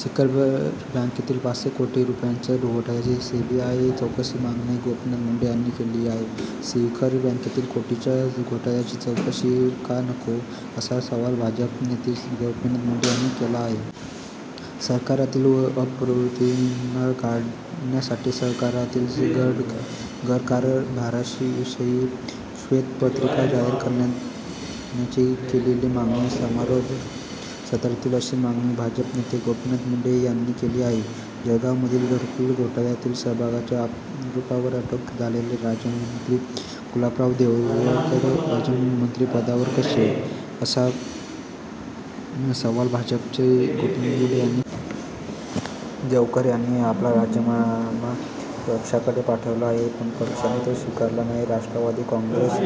शिखर बँकेतील पाचशे कोटी रूपयांच्या घोटाळ्याची सीबीआय चौकशीची मागणी गोपीनाथ मुंडे यांनी केली आहे. शिखर बँकेतील कोटीच्या घोटाळ्याची चौकशी का नको? असा सवाल भाजप नेते गोपीनाथ मुंडे यांनी केला आहे. राज्य शिखर बँकेतील भ्रष्टाचारास अजित पवार जवाबदार असल्याचं गोपीनाथ मुंडे यांनी म्हटलंय. सहकारातील अपप्रवृत्तींना गाडण्यासाठी सहकारातील गरकारभाराविषयी श्वेतपत्रिका जाहीर करण्याची केलेली मागणी समारोप सत्रातील अशी मागणी भाजप नेते गोपीनाथ मुंडे यांनी केली आहे. जळगावमधील घरकुल घोटाळ्यातील सहभागाच्या आरोपावरून अटक झालेले राज्यमंत्री गुलाबराव देवकर अजून मंत्रिपदावर कसे, असा सवाल भाजपचे गोपीनाथ मुंडे यांनी केला आहे. देवकर यांनी आपला राजीनामा पक्षाकडे पाठविला आहे, पण पक्षाने तो स्वीकारलेला नाही. राष्ट्रवादी काँग्रेस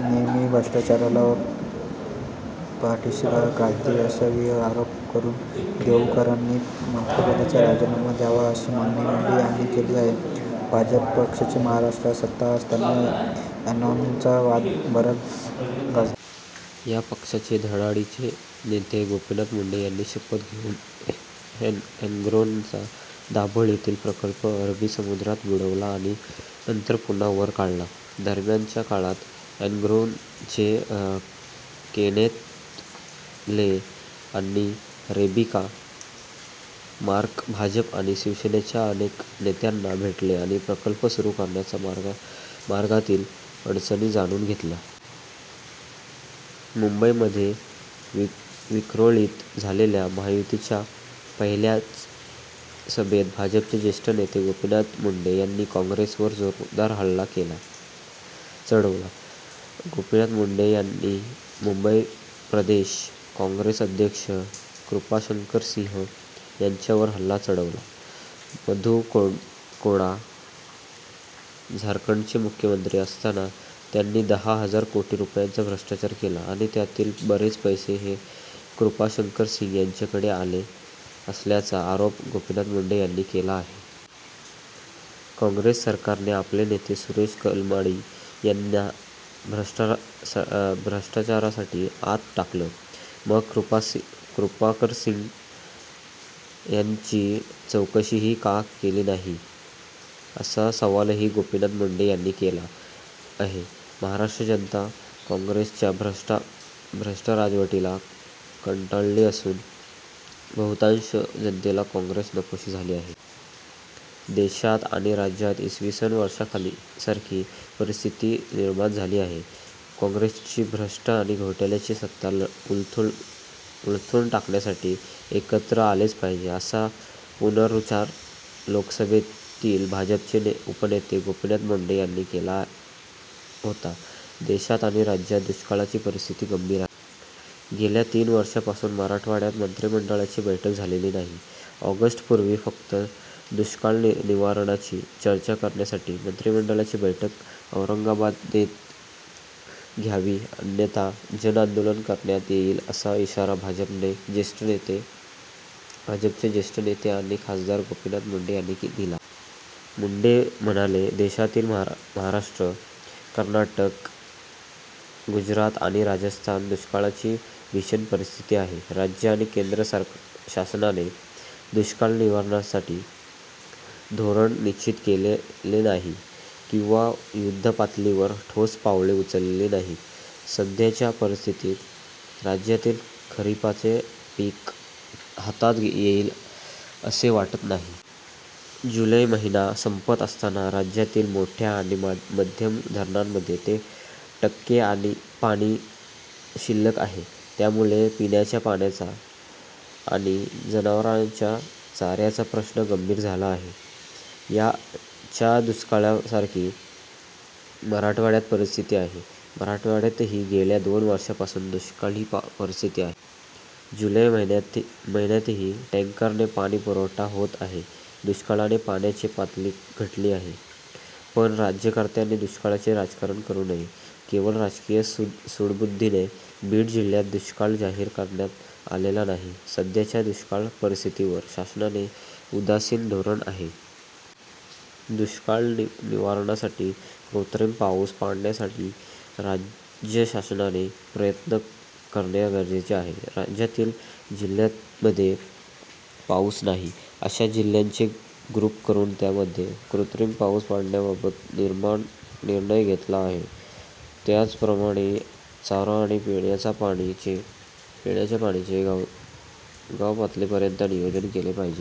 नेहमीच भ्रष्टाचाराला पाठीशी घालते, असा आरोप करून देवकरांनी मंत्रिपदाचा राजीनामा द्यावा अशी मागणी मुंडे यांनी केली आहे. भाजप पक्षाची महाराष्ट्रात सत्ता असताना एन्रॉनचा वाद बराच गाजला. या पक्षाचे धडाडीचे नेते गोपीनाथ मुंडे यांनी शपथ घेऊन एन्रॉनचा दाभोळ येथील प्रकल्प अरबी समुद्रात बुडवला आणि नंतर पुन्हा वर काढला. दरम्यानच्या काळात एन्रॉनचे केनेथ ले आणि रिबेका मार्क भाजप आणि शिवसेनेच्या अनेक नेत्यांना भेटले आणि प्रकल्प सुरू करण्याच्या मार्गातील अडचणी जाणून घेतल्या. मुंबईमधये विक्रोळीत झालेल्या महायुतीच्या पहिल्याचं सभेत भाजपचे ज्येष्ठ नेते गोपीनाथ मुंडे यांनी काँग्रेसवर जोरदार हल्ला चढवला. गोपीनाथ मुंडे यांनी मुंबई प्रदेश काँग्रेस अध्यक्ष कृपाशंकर सिंह यांच्यावर हल्ला चढवला. मधू कोडा झारखंडचे मुख्यमंत्री असतांना त्यांनी दहा हजार कोटी रूपयांचा भ्रष्टाचार केला आणि त्यातील बरेच पैसे हे कृपाशंकरसिंह यांच्याकडे आले असल्याचा आरोप गोपीनाथ मुंडे यांनी केला आहे. काँग्रेस सरकारने आपले नेते सुरेश कलमाडी यांना भ्रष्टाचारासाठी आत टाकलं, मग कृपाशंकरसिंह यांची चौकशीही का केली नाही, असा सवालही गोपीनाथ मुंडे यांनी केला आहे. महाराष्ट्र जनता काँग्रेसच्या भ्रष्ट राजवटीला कंटाळली असून बहुतांश जनतेला काँग्रेस नकोशी झाली आहे. देशात आणि राज्यात इ. स. वर्षासारखी परिस्थिती निर्माण झाली आहे. काँग्रेसची भ्रष्ट आणि घोटाळ्याची सत्ता उलथून टाकण्यासाठी एकत्र आलेच पाहिजे', असा पुनरूच्चार लोकसभेतील भाजपचे उपनेते गोपीनाथ मुंडे यांनी येथे केला होता. देशात आणि राज्यात दुष्काळाची परिस्थिती गंभीर आहे. गेल्या तीन वर्षांपासून मराठवाड्यात मंत्रिमंडळाची बैठक झालेली नाही. ऑगस्टपूर्वी फक्त दुष्काळ निवारणाची चर्चा करण्यासाठी मंत्रिमंडळाची बैठक औरंगाबादेत घ्यावी अन्यथा जनआंदोलन करण्यात येईल असा इशारा भाजपचे ज्येष्ठ नेते आणि खासदार गोपीनाथ मुंडे यांनी दिला. मुंडे म्हणाले देशातील महाराष्ट्र, कर्नाटक, गुजरात आणि राजस्थानात दुष्काळाची भीषण परिस्थिती आहे. राज्य आणि केंद्र शासनाने दुष्काळ निवारणासाठीचे धोरण निश्चित केलेले नाही किंवा युद्धपातळीवर ठोस पाऊले उचललेली नाहीत. सध्याच्या परिस्थितीत राज्यातील खरिपाचे पीक हातात येईल असे वाटत नाही. जुलै महिना संपत असताना राज्यातील मोठ्या आणि मध्यम धरणांमध्ये ते टक्के पाणी शिल्लक आहे, त्यामुळे पिण्याच्या पाण्याचा आणि जनावरांच्या चाऱ्याचा प्रश्न गंभीर झाला आहे. च्या दुष्काळासारखी मराठवाड्यात परिस्थिती आहे. मराठवाड्यातही गेल्या दोन वर्षांपासून दुष्काळी परिस्थिती आहे. जुलै महिन्यातही टॅंकरने पाणी पुरवठा होत आहे. दुष्काळाने पाण्याची पातळी घटली आहे, पण राज्यकर्त्यांनी दुष्काळाचे राजकारण करू नये. केवळ राजकीय सूडबुद्धीने बीड जिल्ह्यात दुष्काळ जाहीर करण्यात आलेला नाही. सध्याच्या दुष्काळ परिस्थितीवर शासनाचे उदासीन धोरण आहे. दुष्काळ निवारणासाठी कृत्रिम पाऊस पाडण्यासाठीही राज्य शासनाने प्रयत्न करणे गरजेचे आहे. राज्यातील जिल्ह्यांमध्ये पाऊस नाही. अशा जिल्ह्यांचे ग्रुप करून त्यामध्ये कृत्रिम पाऊस पाडण्याबाबत निर्णय घेतला पाहिजे. त्याचप्रमाणे चारा आणि पिण्याच्या पाण्याचे गावपातळीपर्यंत नियोजन केले पाहिजे.